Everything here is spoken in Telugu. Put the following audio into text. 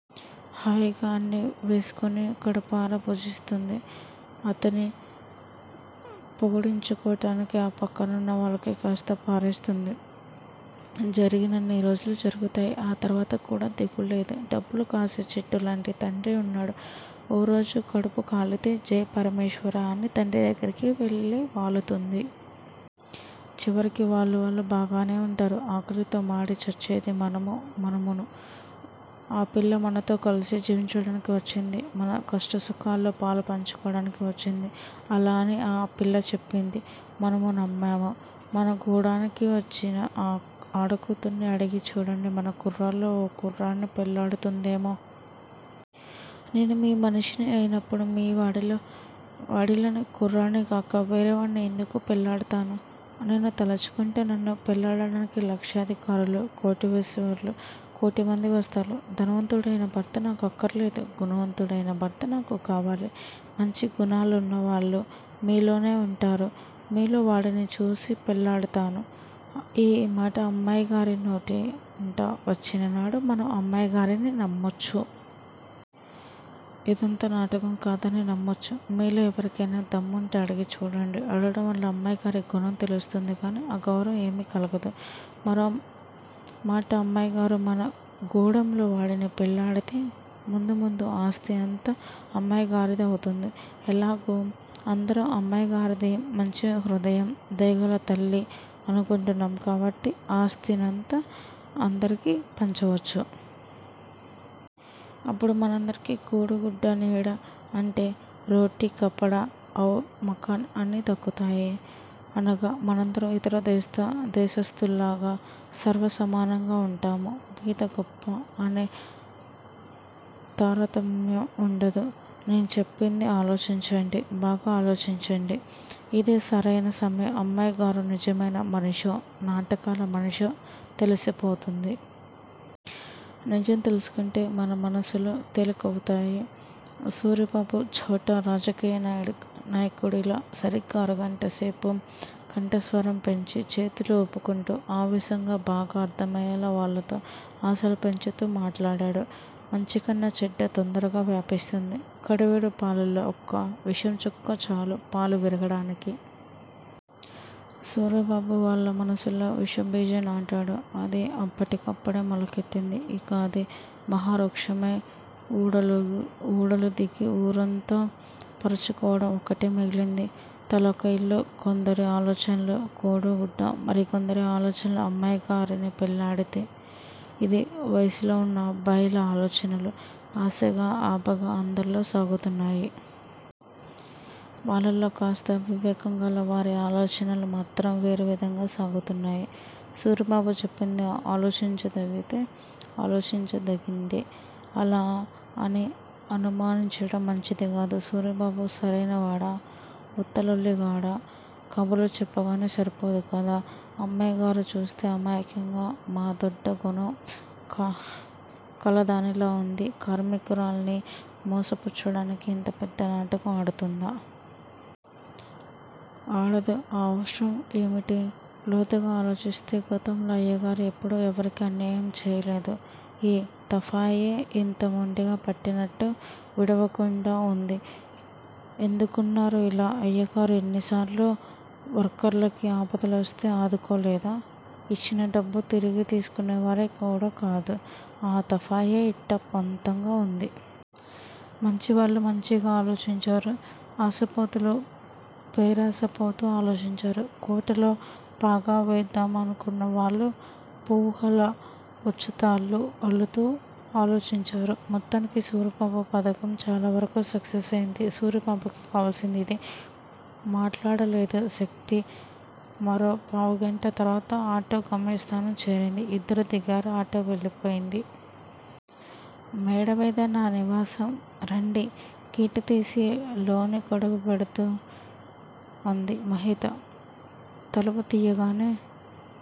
హాయిగా అన్నీ వేసుకుని కడుపార భుజిస్తుంది. అతని పొగిడించుకోటానికి ఆ పక్కనున్న వాళ్ళకి కాస్త పారేస్తుంది. జరిగినన్ని రోజులు జరుగుతాయి. ఆ తర్వాత కూడా దిగులులేదు. డబ్బులు కాసే చెట్టులాంటి తండ్రి వున్నాడు. ఓ రోజు కడుపుకాలితే జై పరమేశ్వరా అని తండ్రి దగ్గరకె వెళ్ళి వాలుతుంది. చివరికి వాళ్ళూ వాళ్ళూ బాగానే వుంటారు. ఆకలితో మాడి చచ్చేది మనమూ మనమూను. ఆ పిల్ల మనతో కలిసి జీవించటానికి వచ్చింది మన కష్టసుఖాలలో పాలు పంచుకోవటానికి వచ్చింది. అలా అని ఆ పిల్ల చెప్పింది. మనము నమ్మాము. మన గూడానికి వచ్చిన ఆ ఆడకూతుర్ని అడిగి చూడండి మన కుర్రాళ్ళలో ఓ కుర్రాడిని పెళ్ళాడుతుందేమో! నేను మీ మనిషిని అయినప్పుడు మీ వాడలో వాడలోని కుర్రాడినిగాక వేరేవాడిని యెందుకు పెళ్ళాడుతాను! నేను తలుచుకుంటే నన్ను పెళ్ళాడటానికి లక్షాధికారులు, కోటీశ్వరులు కోటిమంది వస్తారు. ధనవంతుడయిన భర్త నాకు అక్కరలేదు. గుణవంతుడయిన భర్త నాకు కావాలి. మంచి గుణాలవాళ్ళు మీలోనే వుంటారు. మీలో వాడిని చూసి పెళ్ళాడతాను ఈమాట అమ్మాయిగారి నోటంట వచ్చిననాడు మనం అమ్మాయిగారిని నమ్మొచ్చు. ఇదంతా నాటకం కాదని నమ్మొచ్చు. మీలో యెవరికయినా దమ్ముంటే అడిగి చూడండి. అడగటంవల్ల అమ్మాయిగారి గుణం తెలుస్తుందిగాని అగౌరవం ఏమీ కలగదు. మరో మాట అమ్మాయిగారు మన గూడెంలో వాడిని పెళ్ళాడితే ముందు ముందు ఆస్తీ అంతా అమ్మాయిగారిది అవుతుంది ఎలాగూ అందరం అమ్మాయిగారిది మంచి హృదయం, దయగల తల్లి అనుకుంటున్నాము కాబట్టి ఆస్తినంతా అందరికీ పంచవచ్చు. అప్పుడు మనందరికి కూడు గుడ్డ నీడ అంటే రోటీ కపడ ఔర్ మకాన్ అన్ని దక్కుతాయి. అనగ మనందరం ఇతర దేస్థ్ దేశస్తులలాగ సర్వసమానంగా వుంటాము. బీద గొప్ప అనే తారతమ్యం వుండదు. నేచెప్పింది ఆలోచించండి బాగా ఆలోచించండి. ఇదే సరయిన సమయం అమ్మాయిగారు నిజమైన మనిషో, నాటకాల మనిషో తెలిసిపోతుంది. నిజం తెలుసుకుంటే మన మనసులు తేలికవుతాయి సూరిబాబు ఛోటా రాజకీయ నాయుడి నాయకుడిలా సరిగ్గా అరగంటసేపు కంఠస్వరం పెంచి చేతులు ఊపుకుంటూ ఆవేశంగా బాగా అర్ధమయేలా వాళ్ళలో ఆశలు పెంచుతూ మాట్లాడాడు. మంచికన్నా చెడ్డ తొందరగా వ్యాపిస్తుంది. కడివెడు పాలల్లో ఒక్క విషంచుక్క చాలు పాలు విరగటానికి. సూరిబాబు వాళ్ళ మనసుల్లో విషబీజం నాటాడు. అది అప్పటికప్పుడే మొలకెత్తింది. ఇక అది మహావృక్షమై ఊడలు ఊడలు దిగి వూరంతా పరుచుకోవటం ఒక్కటే మిగిలింది. తలొక ఇల్లు కొందరి ఆలోచనలు. కూడుగుడ్డ మరికొందరి ఆలోచనలు అమ్మాయిగారిని పెళ్ళాడితే! ఇది వయసులో వున్న అబ్బాయిల ఆలోచనలు! ఆశగా ఆబగా అందరిలో సాగుతున్నాయి. వాళ్ళల్లో కాస్త వివేకంగల వారి ఆలోచనలు మాత్రం వేరేవిధంగా సాగుతున్నాయి. సూరిబాబు చెప్పింది ఆలోచించదగితే ఆలోచించదగిందే అలా అని అనుమానించటం మంచిదికాదు. సూరిబాబు సరయినవాడా! ఉత్తలొల్లి గాడా. కబుర్లు చెప్పంగానే సరిపోదు కదా? అమ్మాయిగారు చూస్తే అమాయకంగా మాదొడ్డ గుణం కలదానిలా వుంది. కార్మికురాల్ని మోసపుచ్చటానికి ఇంత పెద్ద నాటకం ఆడుతుందా? ఆడదు ఆ అవసరం యేమిటి? లోతుగ ఆలోచిస్తే గతంలో అయ్యగారు ఎప్పుడూ ఎవరికీ అన్యాయం చేయలేదు. ఈ తఫాయే ఇంత మొండిగా పట్టినట్టు విడవకుండా వుంది. ఎందుకున్నారో యిలా అయ్యగారు ఎన్నోసార్లు వర్కర్లకి ఆపదలొస్తే ఆదుకోలేదా! ఇచ్చిన డబ్బు తిరిగి తీసుకునేవారు కూడా కాదు. ఈ తఫాయే యిట్టా పంతంగా వుంది. మంచివాళ్ళు మంచిగా ఆలోచించారు. ఆశపోతులు పేరాశపోతూ ఆలోచించారు. కోటలో పాగా వేద్దామనుకున్నవాళ్ళు వూహల ఉచ్చుతాళ్ళు అల్లుతూ ఆలోచించారు. మొత్తానికి సూరిబాబు పథకం చాలావరకు సక్సెస్ అయింది. సూరిబాబుకి కావల్సింది ఇదే! మాట్లాడలేదు శక్తి. మరో పావుగంట తర్వాత, ఆటో గమ్యస్థానం చేరింది. ఇద్దరూ దిగారు. ఆటో వెళ్ళిపోయింది. మేడమీద నా నివాసం రండి గేటుతీసి లోని కడుగుబెడుతూ అంది మహిత. తలుపు తీయగానే